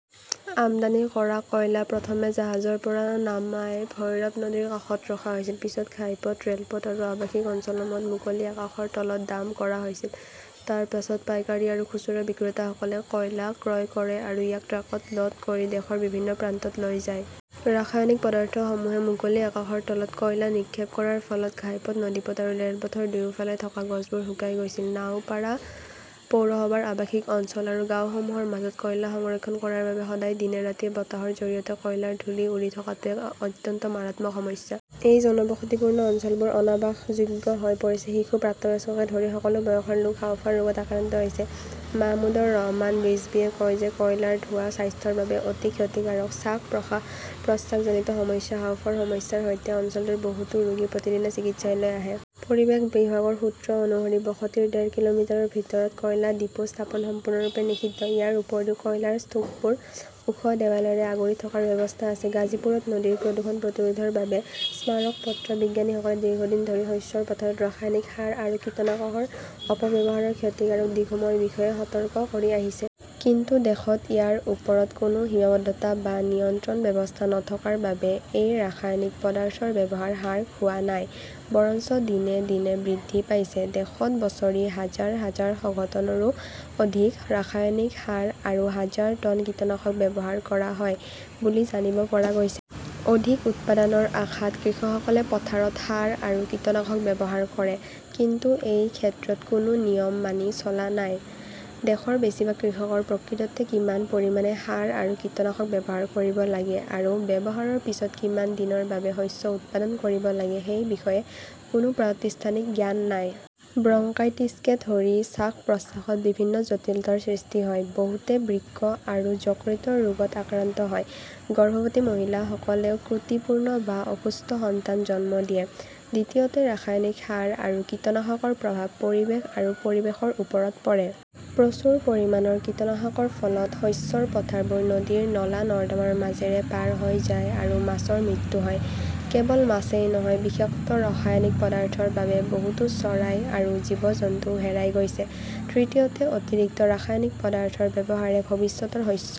আমদানি কৰা কয়লা প্ৰথমে জাহাজৰ পৰা নামাই ভৈৰৱ নদীৰ কাষত ৰখা হৈছিল। পিছত ঘাইপথ, ৰেলপথ আৰু আৱাসিক অঞ্চলসমূহত মুকলি আকাশৰ তলত ডাম্প কৰা হৈছিল। তাৰ পিছত পাইকাৰী আৰু খুচুৰা বিক্ৰেতাসকলে কয়লা ক্ৰয় কৰে আৰু ইয়াক ট্ৰাকত ল'ড কৰি দেশৰ বিভিন্ন প্ৰান্তত লৈ যায়। ৰাসায়নিক পদাৰ্থসমূহে মুকলি আকাশৰ তলত কয়লা নিক্ষেপ কৰাৰ ফলত ঘাইপথ, নদীপথ আৰু ৰেলপথৰ দুয়োফালে থকা গছবোৰ শুকাই গৈছিল। নাওপাৰা পৌৰসভাৰ আৱাসিক অঞ্চল আৰু গাঁওসমূহৰ মাজত কয়লা সংৰক্ষণ কৰাৰ বাবে সদায় দিনে ৰাতিয়ে বতাহৰ জৰিয়তে কয়লাৰ ধূলি উৰি থকাটো এক অত্যন্ত মাৰাত্মক সমস্যা। এই ঘনবসতিপূৰ্ণ অঞ্চলবোৰ অনাৱাসযোগ্য হৈ পৰিছে। শিশু, প্ৰাপ্তবয়স্ককে ধৰি সকলো বয়সৰ লোক হাঁওফাঁওৰ ৰোগত আক্ৰান্ত হৈছে। মাহমুদৰ ৰহমান ৰিজৱীয়ে কয় যে কয়লাৰ ধোঁৱা স্বাস্থ্যৰ বাবে অতি ক্ষতিকাৰক। শ্বাস-প্ৰশ্বাসজনিত সমস্যা, হাঁওফাঁওৰ সমস্যাৰ সৈতে অঞ্চলটোৰ বহুতো ৰোগী প্ৰতিদিনে চিকিৎসালয়লৈ আহে। পৰিৱেশ বিভাগৰ সূত্ৰ অনুসৰি, বসতিৰ ডেৰ কিলোমিটাৰৰ ভিতৰত কয়লা ডিপো স্থাপন সম্পূৰ্ণৰূপে নিষিদ্ধ। ইয়াৰ উপৰিও, কয়লাৰ স্তূপবোৰ ওখ দেৱালেৰে আগুৰি থকাৰ ব্যৱস্থা আছে। গাজীপুৰত নদীৰ প্ৰদূষণ প্ৰতিৰোধৰ বাবে স্মাৰক পত্ৰ বিজ্ঞানীসকলে দীৰ্ঘদিন ধৰি শস্যৰ পথাৰত ৰাসায়নিক সাৰ আৰু কীটনাশকৰ অপব্যৱহাৰৰ ক্ষতিকাৰক দিশসমূহৰ বিষয়ে সতৰ্ক কৰি আহিছে। কিন্তু দেশত ইয়াৰ ওপৰত কোনো সীমাবদ্ধতা বা নিয়ন্ত্ৰণ ব্যৱস্থা নথকাৰ বাবে এই ৰাসায়নিক পদাৰ্থৰ ব্যৱহাৰ হ্ৰাস হোৱা নাই, বৰঞ্চ দিনে দিনে বৃদ্ধি পাইছে। দেশত বছৰি হাজাৰ হাজাৰ ষটনৰো অধিক ৰাসায়নিক সাৰ আৰু হাজাৰ টন কীটনাশক ব্যৱহাৰ কৰা হয় বুলি জানিব পৰা গৈছে। অধিক উৎপাদনৰ আশাত কৃষকসকলে পথাৰত সাৰ আৰু কীটনাশক ব্যৱহাৰ কৰে। কিন্তু এই ক্ষেত্ৰত কোনো নিয়ম মানি চলা নহয়। দেশৰ বেছিভাগ কৃষকৰ প্ৰকৃততে কিমান পৰিমাণে সাৰ আৰু কীটনাশক ব্যৱহাৰ কৰিব লাগে আৰু ব্যৱহাৰৰ পিছত কিমান দিনৰ বাবে শস্য উৎপাদন কৰিব লাগে সেই বিষয়ে কোনো প্ৰতিষ্ঠানিক জ্ঞান নাই। ব্ৰংকাইটিছকে ধৰি শ্বাস-প্ৰশ্বাসত বিভিন্ন জটিলতাৰ সৃষ্টি হয়। বহুতে বৃক্ক আৰু যকৃতৰ ৰোগত আক্ৰান্ত হয়। গৰ্ভৱতী মহিলা সকলেও ত্ৰুটিপূৰ্ণ বা অসুস্থ সন্তান জন্ম দিয়ে। দ্বিতীয়তে, ৰাসায়নিক সাৰ আৰু কীটনাশকৰ প্ৰভাৱ পৰিৱেশ আৰু পৰিৱেশৰ ওপৰত পৰে। প্ৰচুৰ পৰিমাণৰ কীটনাশকৰ ফলত শস্যৰ পথাৰবোৰ নদীৰ নলা-নৰ্দমাৰ মাজেৰে পাৰ হৈ যায় আৰু মাছৰ মৃত্যু হয়। কেৱল মাছেই নহয়, বিষাক্ত ৰাসায়নিক পদাৰ্থৰ বাবে বহুতো চৰাই আৰু জীৱ-জন্তুও হেৰাই গৈছে। তৃতীয়তে, অতিৰিক্ত ৰাসায়নিক পদাৰ্থৰ ব্যৱহাৰে ভৱিষ্যতৰ শস্য